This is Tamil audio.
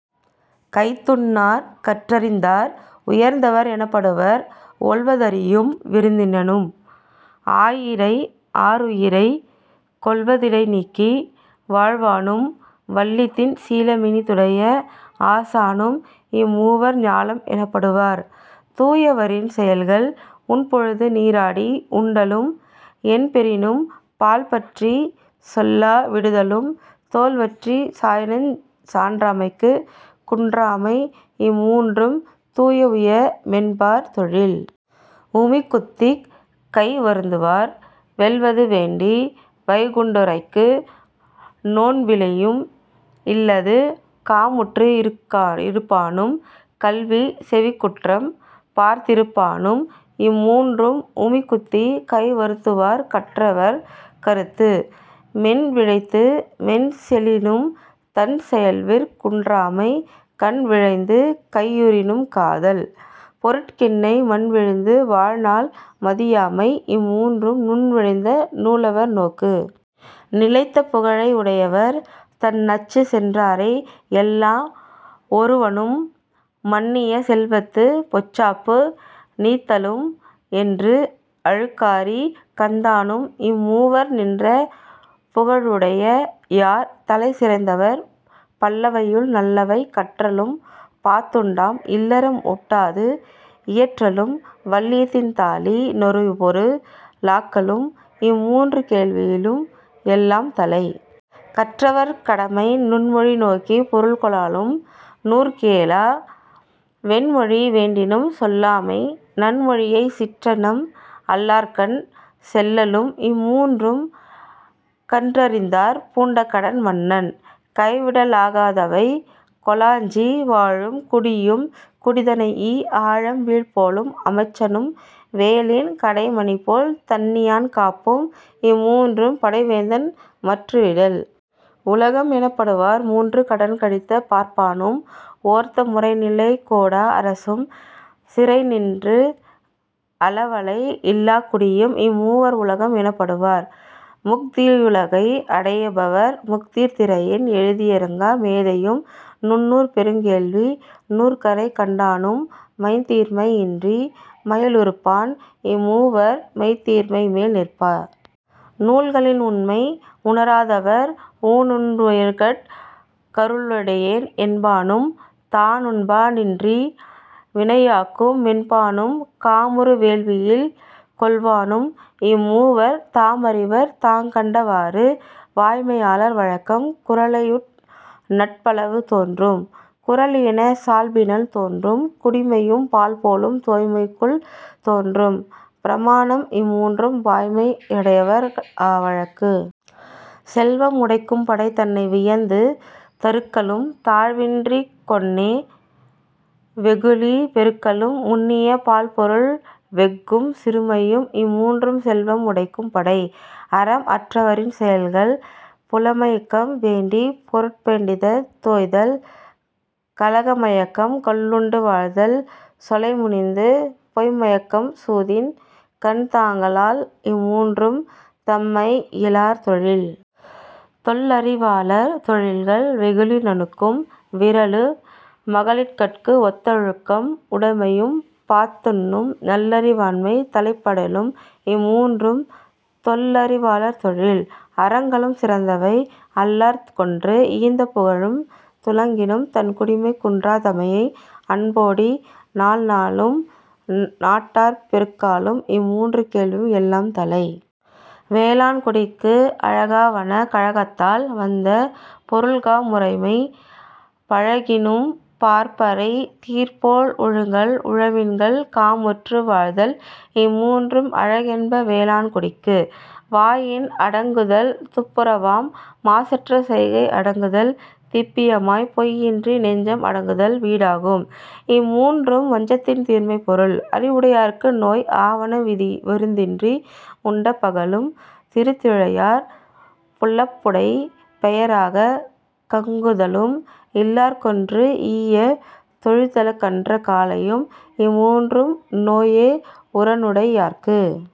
கைத்துண்ணார் கற்றறிந் தார்.. உயர்ந்தவர் எனப்படுபவர் ஒல்வ தறியும் விருந்தினனும் ஆருயிரைக் கொல்வ திடைநீக்கி வாழ்வானும் வல்லிதின் சீலமினி துடைய ஆசானும் இம்மூவர் ஞாலம் எனப்படு வார்.. தூயவரின் செயல்கள் உண்பொழுது நீராடி உண்டலும் என்பெறினும் பால்பற்றிச் சொல்லா விடுதலும் தோல்வற்றிச் சாயினுஞ் சான்றாண்மை குன்றாமை இம்மூன்றும் தூஉய மென்பார் தொழில்.. உமி குத்திக் கை வருந்துவார் வெல்வது வேண்டி வைகுண்டுரைக்கு நோன்பிலியும் இல்லது காமுற்று இருப்பானும் கல்வி செவிக்குற்றம் பார்த்திருப்பானும் இம்மூன்றும் உமிக்குத்திக் கைவருந்துவார்.. கற்றவர் கருத்து. பெண்விழைந்து பின்செலினும் தன்செலவிற் குன்றாமை கண்விழைந்து கையுறினும் காதல் பொருட்கின்மை மண்விழுந்து வாழ்நாள் மதியாமை இம்மூன்றும் நுண்விழைந்த நூலவர் நோக்கு.. நிலைத்த புகழை உடையவர் தன்நச்சிச் சென்றாரை எள்ளா வொருவனும் மன்னிய செல்வத்துப் பொச்சாப்பு நீத்தனும் என்றும் அழுக்காறி கந்தானும் இம்மூவர் நின்ற புகழுடை யார்.. தலை சிறந்தவை பல்லவையுள் நல்லவை கற்றலும் பாத்துண்டாம் இல்லற முட்டாது இயற்றலும் வல்லிதின் தாளி னொருபொரு ளாக்கலும் இம்மூன்றும் கேள்வியுள் எல்லாம் தலை.. கற்றவர் கடமை நுண்மொழி நோக்கிப் பொருள்கொளலும் நூற்குஏலா வெண்மொழி வேண்டினும் சொல்லமை நன்மொழியைச் சிற்றினம் அல்லார்கண் செல்லலும் இம்மூன்றும் கற்றறிந்தார் பூண்ட கடன்.. மன்னன் கைவிடலாகாதவை கோலஞ்சி வாழும் குடியும் குடிதழீஇ ஆலம்வீழ் போலும் அமைச்சனும் வேலின் கடைமணிபோல் திண்ணியான் காப்பும் இம்மூன்றும் படைவேந்தன் மற்று விடல்.. உலகம் எனப்படுவார் மூன்று கடன்கழித்த பார்ப்பானும் ஓர்ந்து முறைநிலை கோடா அரசும் சிறைநின்று அலவலை இல்லாக் குடியும் இம்மூவர் உலகம் எனப்படு வார்.. முக்தியுலகை அடைபவர் முந்நீர்த் திரையின் எழுந்தியங்கா மேதையும் நுண்ணூற் பெருங்கேள்வி நூற்கரை கண்டானும் மைந்நீர்மை இன்றி மயலுறுப்பான் இம்மூவர் மெய்ந்நீர்மை மேல் நிற்பவர்.. நூல்களின் உண்மை உணராதவர் ஊனுண் டுயிர்கட் கருளுடையேம் என்பானும் தானுடன்பா டின்றி வினையாக்கும் மென்பானும் காமுறு வேள்வியில் கொல்வானும் இம்மூவர் தாமறிவர் தாங்கண்ட வாறு.. வாய்மையாளர் வழக்கம் குறளையுள் நட்பளவு தோன்றும் உறலினிய சால்பினில் தோன்றும் குடிமையும் பால்போலும் தூய்மையுள் தோன்றும் பிரமாணம் இம்மூன்றும் வாய்மை யடையார் வழக்கு.. செல்வம் உடைக்கும் படை தன்னை வியந்து தருக்கலும் தாழ்வின்றிக் கொன்னே வெகுளி பெருக்கலும் முன்னிய பால்பொருள் வெஃகும் சிறுமையும் இம்மூன்றும் செல்வம் உடைக்கும் படை.. அறம் அற்றவரின் செயல்கள் புலைமயக்கம் வேண்டிப் பொருட்பெண்டிர்த் தோய்தல் கலமயக்கம் கள்ளுண்டு வாழ்தல் சொலைமுனிந்து பொய்ம்மயக்கம் சூதின் கண்தாங்கால் இம்மூன்றும் நன்மையி லாளர் தொழில்.. தொல்லறிவாளர் தொழில்கள் வெகுளி நுணுக்கும் விறலு மகளிர்கட்கு ஒத்த லொழுக்கம் உடைமையும் பாத்துண்ணும் நல்லறி வாண்மை தலைப்படலும் இம்மூன்றும் தொல்லறி வாளர் தொழில்.. அறங்களுள் சிறந்தவை அலந்தார்க்கொன்று ஈந்த புகழும் துளங்கினும் தன்குடிமை குன்றாத் தகைமையும் அன்போடி நாள்நாளும் நட்டார்ப் பெருக்கலும் இம்மூன்றும் கேள்வியுள் எல்லாந் தலை.. வேளாண்குடிக்கு அழகாவன கழகத்தால் வந்த பொருள்கா முறாமை பழகினும் பார்ப்பரைத் தீப்போல் ஒழுகல் உழவின்கண் காமுற்று வாழ்தல் இம்மூன்றும் அழகென்ப வேளாண் குடிக்கு. வாயின் அடங்குதல் துப்புரவாம் மாசற்ற செய்கை அடங்குதல் திப்பியமாம் பொய்யின்றி நெஞ்சம் அடங்குதல் வீடாகும் இம்மூன்றும் வஞ்சத்தின் தீர்ந்த பொருள்.. அறிவுடையார்க்கு நோய் ஆவன விருந்தின்றி உண்ட பகலும் திருந்திழையார் புல்லப்புடை பெயராக் கங்குலும் இல்லார்க்கொன்று ஈயா தொழிந்தகன்ற காலையும் இம்மூன்றும் நோயே உரனுடை யார்க்கு..